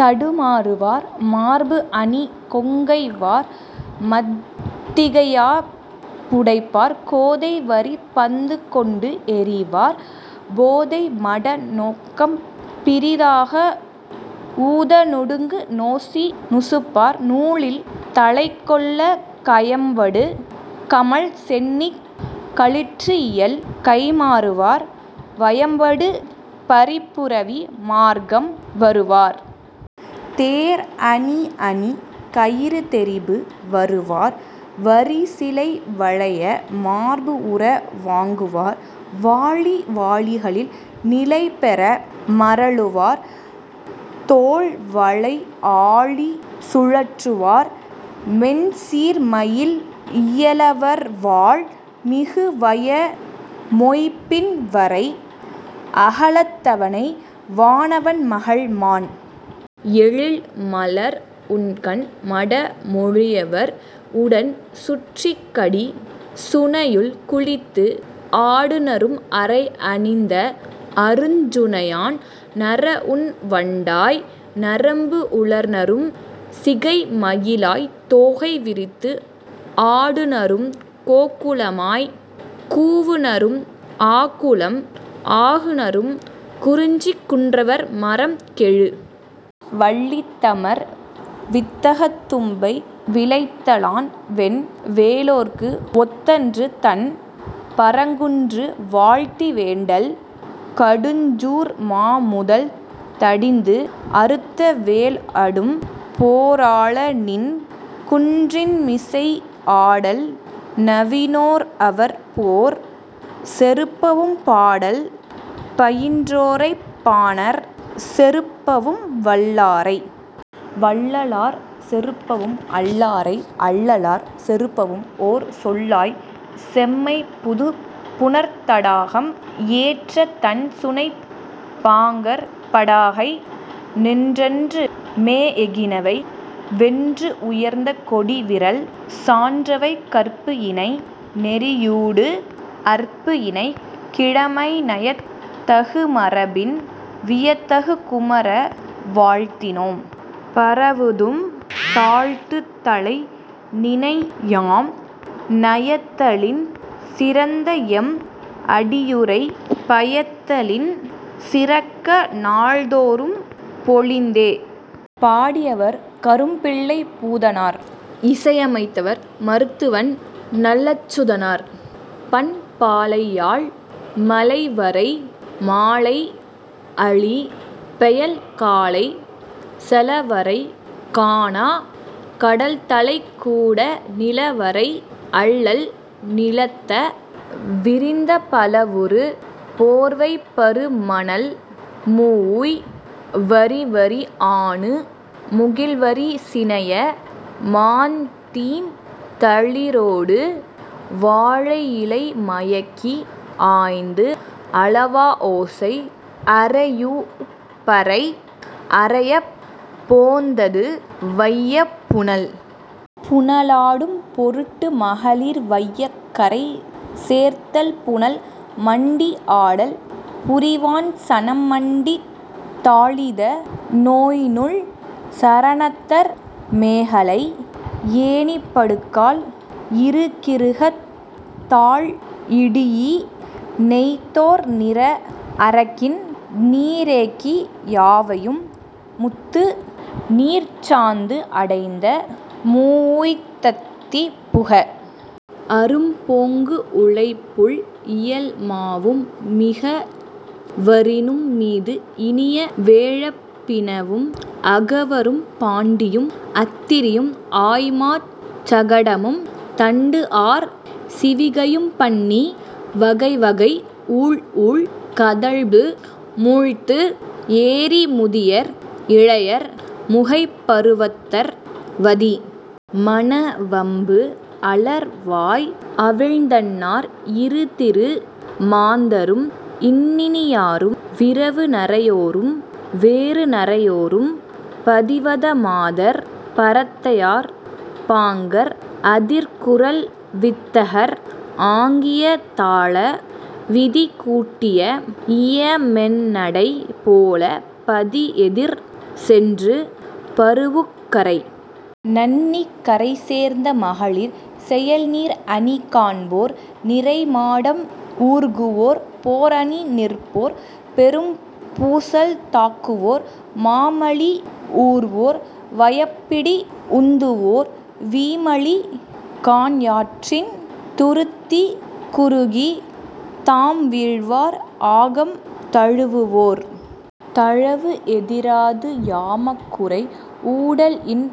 தடுமாறுவார் மார்பு அணி கொங்கை வார் மத்திகையாப் புடைப்பார் கோதை வரிப் பந்து கொண்டு எறிவார் போதை மட நோக்கம் பிறிதாக ஊத நுடங்கு நொசி நுசுப்பார் நூழில் தலைக்கொள்ள கயம்படு கமழ் சென்னிக் களிற்று இயல் கைம்மாறுவார் வயம்படு பரிப் புரவி மார்க்கம் வருவார் தேர் அணி அணி கயிறு தெரிபு வருவார் வரி சிலை வளைய மார்பு உற வாங்குவார் வாளி வாளிகள் நிலைபெற மறலுவார் தோள் வளை ஆழி சுழற்றுவார் மென் சீர் மயில் இயலவர் வாள் மிகு வய மொய்ம்பின் வரை அகலத்தவனை வானவன் மகள் மாண் எழில் மலர் உண்கண் மட மொழியவர் உடன் சுற்றி கடி சுனையுள் குளித்து ஆடுநரும் அறை அணிந்த அருஞ் சுனையான் நற உண் வண்டாய் நரம்பு உளர்நரும் சிகை மயிலாய்த் தோகை விரித்து ஆடுநரும் கோகுலமாய்க் கூவுநரும் ஆகுலம் ஆகுநரும் குறிஞ்சிக் குன்றவர் மறம் கெழு வள்ளி தமர் வித்தகத் தும்பை விளைத்தலான் வென் வேலோற்கு ஒத்தன்று தண் பரங்குன்று வாழ்த்தி வேண்டல் கடுஞ் சூர் மா முதல் தடிந்து அறுத்த வேல் அடும் போராள நின் குன்றின்மிசை ஆடல் நவினோர் அவர் போர் செறுப்பவும் பாடல் பயின்றோரைப் பாணர் செறுப்பவும் வல்லாரை வல்லலார் செறுப்பவும் அல்லாரை அல்லலார் செறுப்பவும் ஓர் சொல்லாய் செம்மைப் புதுப் புனற் தடாகம் ஏற்ற தண் சுனைப் பாங்கர் படாகை நின்றன்று மேஎ எகினவை வென்று உயர்ந்த கொடி விறல் சான்றவை கற்பு இணை நெறியூடு அற்பு இணைக் கிழமை நயத் தகு மரபின் வியத் தகு குமர வாழ்த்தினேம் பரவுதும் தாழ்த்துத் தலை நினை யாம் நயத்தலின் சிறந்த எம் அடியுறை பயத்தலின் சிறக்க நாள்தோறும் பொலிந்தே. பாடியவர் கரும்பிள்ளைப் பூதனார் இசையமைத்தவர் மருத்துவன் நல்லச்சுதனார் பண் பாலையாழ் மலைவரை மாலை அழி பெயல் காலை செல வரை காணாக் கடல்தலைக் கூட நில வரை அல்லல் நிழத்த, விரிந்த பலவுறு போர்வைப் பரு மணல் மூஉய், வரி வரி ஆணு முகிழ் விரி சினைய மாந் தீம் தளிரொடு வாழையிலை மயக்கி ஆய்ந்து அளவா ஓசை அறையூஉப் பறை அறையப் போந்தது வையப் புனல். புனலாடும் பொருட்டு மகளிர் வையைக் கரை சேர்தல் புனல் மண்டி ஆடல் புரிவான் சனம் மண்டி தாளித நொய்ந் நூல் சரணத்தர் மேகலை ஏணிப்படுகால் இறுகிறுகத் தாள் இடீஇ நெய்த்தோர் நிற அரக்கின் நீரெக்கி யாவையும் முத்து நீர்ச் சாந்து அடைந்த மூஉய்த் தத்தி புக அரும் பொங்குஉளைப் புள் இயல் மாவும் மிக வரினும் மீது இனிய வேழப் பிணவும் அகவரும் பாண்டியும், அத்திரியும் ஆய் மாச் சகடமும் தண்டு ஆர் சிவிகையும் பண்ணி வகை வகை ஊழ் ஊழ் கதழ்பு மூழ்த்து ஏறி முதியர் இளையர் முகைப் பருவத்தர் வதி மண வம்பு அலர் வாய் அவிழ்ந்தன்னார் இரு திரு மாந்தரும் இன்னினியாரும் விரவு நரையோரும் வெறு நரையோரும் பதிவத மாதர் பரத்தையார் பாங்கர் அதிர் குரல் வித்தகர் ஆக்கிய தாள விதி கூட்டிய இய மென் நடை போல பதி எதிர் சென்று பரூஉக் கரை நண்ணி கரை சேர்ந்த மகளிர் செயல் நீர் அணி காண்போர் நிரை மாடம் ஊர்குவோர் போர் அணி நிற்போர் பெரும் பூசல் தாக்குவோர் மா மலி ஊர்வோர் வயப் பிடி உந்துவோர் வீ மலி கான் யாற்றின் துருத்தி குறுகி தாம் வீழ்வார் ஆகம் தழுவுவோர் தழவு எதிராது யாமக் குறை ஊடல் இன்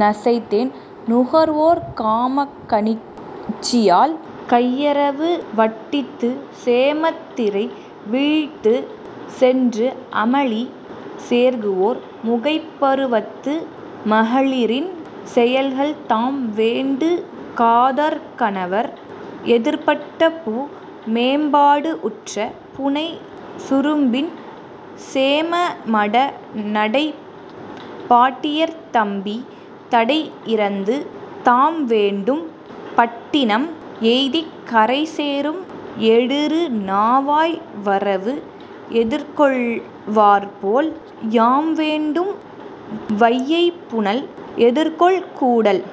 நசைத் தேன் நுகர்வோர் காமக் கணிச்சியால் கையறவு வட்டித்து சேமத் திரை வீழ்த்து சென்று அமளி சேர்குவோர் முகைப் பருவத்து மகளிரின் செயல்கள் தாம் வேண்டு காதற் கணவர் எதிர்ப்பட பூ மேம்பாடு உற்ற புனை சுரும்பின் சேம மட நடைப் பாட்டியர்த் தப்பி தடை இறந்து தாம் வேண்டும் பட்டினம் எய்திக் கரை சேரும் ஏழுறு நாவாய் வரவு எதிர்கொள்வார்போல் யாம் வேண்டும் வையைப் புனல் எதிர்கொள் கூடல்.